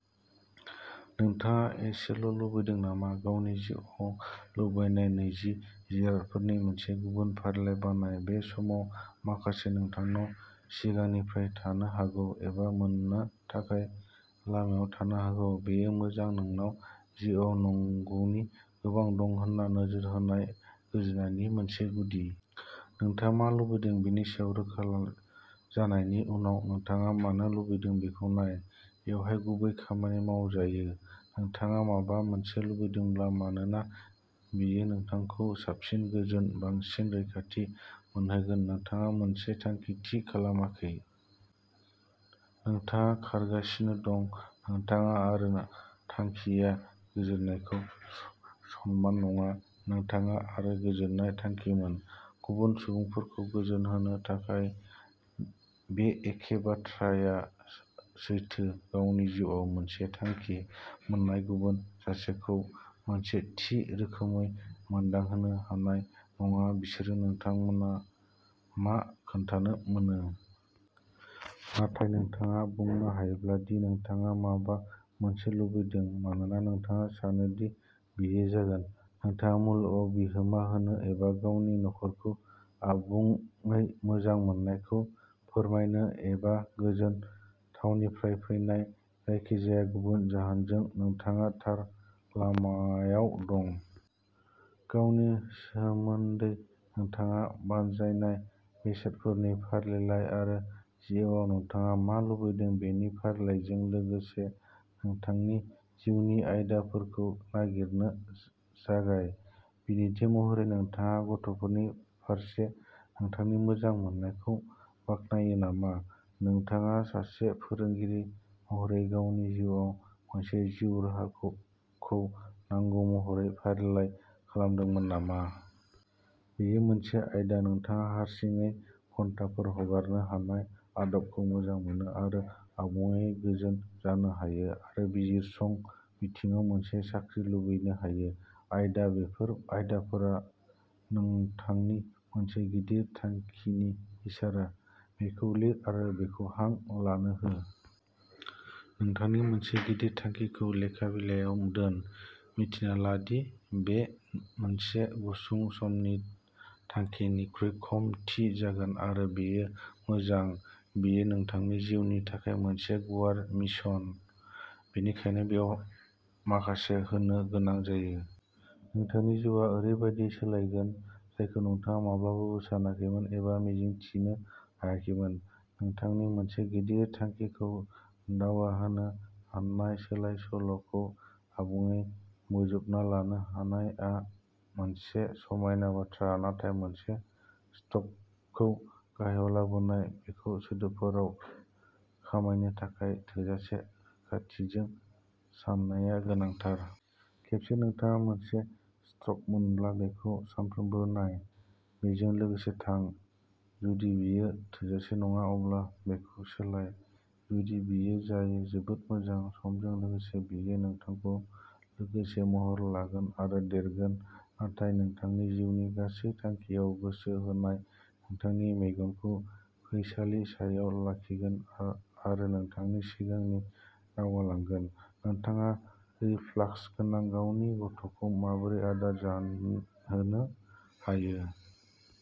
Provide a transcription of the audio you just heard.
नोंथाङा एसेल'लुबैदों नामा? गावनि जिउआव लुबैनाय नैजि जिरादफोरनि मोनसे गुबुन फारिलाइ बानाय, बे समाव। माखासे नोंथांनाव सिगांनिफ्रायनो थानो हागौ, एबा मोन्नो थाखाय लामायाव थानो हागौ। बेयो मोजां। नोंनाव जिउआव नांगौनि गोबां दं होन्ना नोजोर होनाया गोजोननायनि मोनसे गुदि। नोंथाङा मा लुबैदों बेनि सायाव रोखा जानायनि उनाव, नोंथाङा मानो लुबैदों बेखौ नाय। बेवहाय गुबै खामानि मावजायो। नोंथाङा माबा मोनसे लुबैदोंब्ला मानोना बेयो नोंथांखौ साबसिन, गोजोन, बांसिन रैखाथि मोनहोगोन-नोंथाङा मोनसे थांखि थि खालामाखै। नोंथाङा खारगासिनो दं। नोंथाङा आरोना थांखिया गोजोननायखौ समान नङा। नोंथाङा आरो गोजोननाया थांखिमोन। गुबुन सुबुंफोरखौ गोजोनहोनो थाखायबो बे एखे बाथ्राया सैथो। गावनि जिउआव मोनसे थांखि मोननाया गुबुन सासेखौ मोनसे थि रोखोमै मोनदांहोनो हानाय नङा-बिसोर नोंथांनो मा खोन्थानो मानो! नाथाय, नोंथाङा बुंनो हायोब्ला दि नोंथाङा माबा मोनसे लुबैदों मानोना नोंथाङा सानो दि बेयो जागोन। नोंथाङा मुलुगआव बिहोमा होनो एबा गावनि नखरखौ आबुङै मोजां मोननायखौ फोरमायनो एबा गोजोन थावनिनिफ्राय फैनाय जायखिजाया गुबुन जाहोनजों, नोंथाङा थार लामायाव दं। गावनि सोमोन्दै नोंथाङा बानजायनाय बेसादफोरनि फारिलाइ आरो जिउआव नोंथाङा मा लुबैदों बेनि फारिलाइजों लोगोसे, नोंथांनि जिउनि आयदाफोरखौ नागिरनो जागाय। बिदिन्थि महरै, नोंथाङा गथ'फोरनि फारसे नोंथांनि मोजां मोननायखौ बाख्नायो नामा? नोंथाङा सासे फोरोंगिरि महरै गावनि जिउआव मोनसे जिउ राहाखौ नांगौ महरै फारिलाइ खालामदोंमोन नामा? बेयो मोनसे आयदा। नोंथाङा हारसिङै घन्टाफोर हगारनो हानाय आदबखौ मोजां मोनो आरो आबुङै गोजोन जानो हायो आरो बिजिरसं बिथिङाव मोनसे साख्रि लुबैनो हायो? आयदा। बेफोर आयदाफोरा नोंथांनि मोनसे गिदिर थांखिनि इसारा। बेखौ लिर आरो बेखौ हां लानो हो। नोंथांनि मोनसे गिदिर थांखिखौ लेखा बिलायाव दोन। मिन्थिना ला दि बेयो मोनसे गुसुं समनि थांखिनिख्रुइ खम थि जागोन, आरो बेयो मोजां। बेयो। नोंथांनि जिउनि थाखाय मोनसे गुवार मिशन, बेनिखायनो बेयाव माखासे होनो गोनां जायो। नोंथांनि जिउआ ओरैबायदि सोलायगोन जायखौ नोंथाङा माब्लाबाबो सानाखैमोन एबा मिजिंथिनो हायाखैमोन। नोंथांनि मोनसे गिदिर थांखिखौ दावगाहोनो हानाय सोलाय-सोल'खौ आबुङै बोजबना लानो हानायआ मोनसे समायना बाथ्रा। नाथाय मोनसे सिटपखौ गाहायाव लाबोनाया, बेखौ सोदोबफोराव खमायनो थाखाय थोजासे रोखाथिजों साननाया गोनांथार। खेबसे नोंथाङा मोनसे ड्राफ्ट मोनब्ला, बेखौ सानफ्रोमबो नाय। बेजों लोगोसे थां। जुदि बेयो थोजासे नङा, अब्ला बेखौ सोलाय। जुदि बेयो जायो, जोबोद मोजां। समजों लोगोसे बेयो नोंथांजों लोगोसे महर लागोन आरो देरगोन, नाथाय नोंथांनि जिउनि गासै थांखिआव गोसो होनाया नोंथांनि मेगनखौ फैसालि सायाव लाखिगोन आरो नोंथांखौ सिगांथिं दावगालांगोन। नोंथाङा रिफ्लाक्स गोनां गावनि गथ'खौ माबोरै आदार जाहोनो हायो।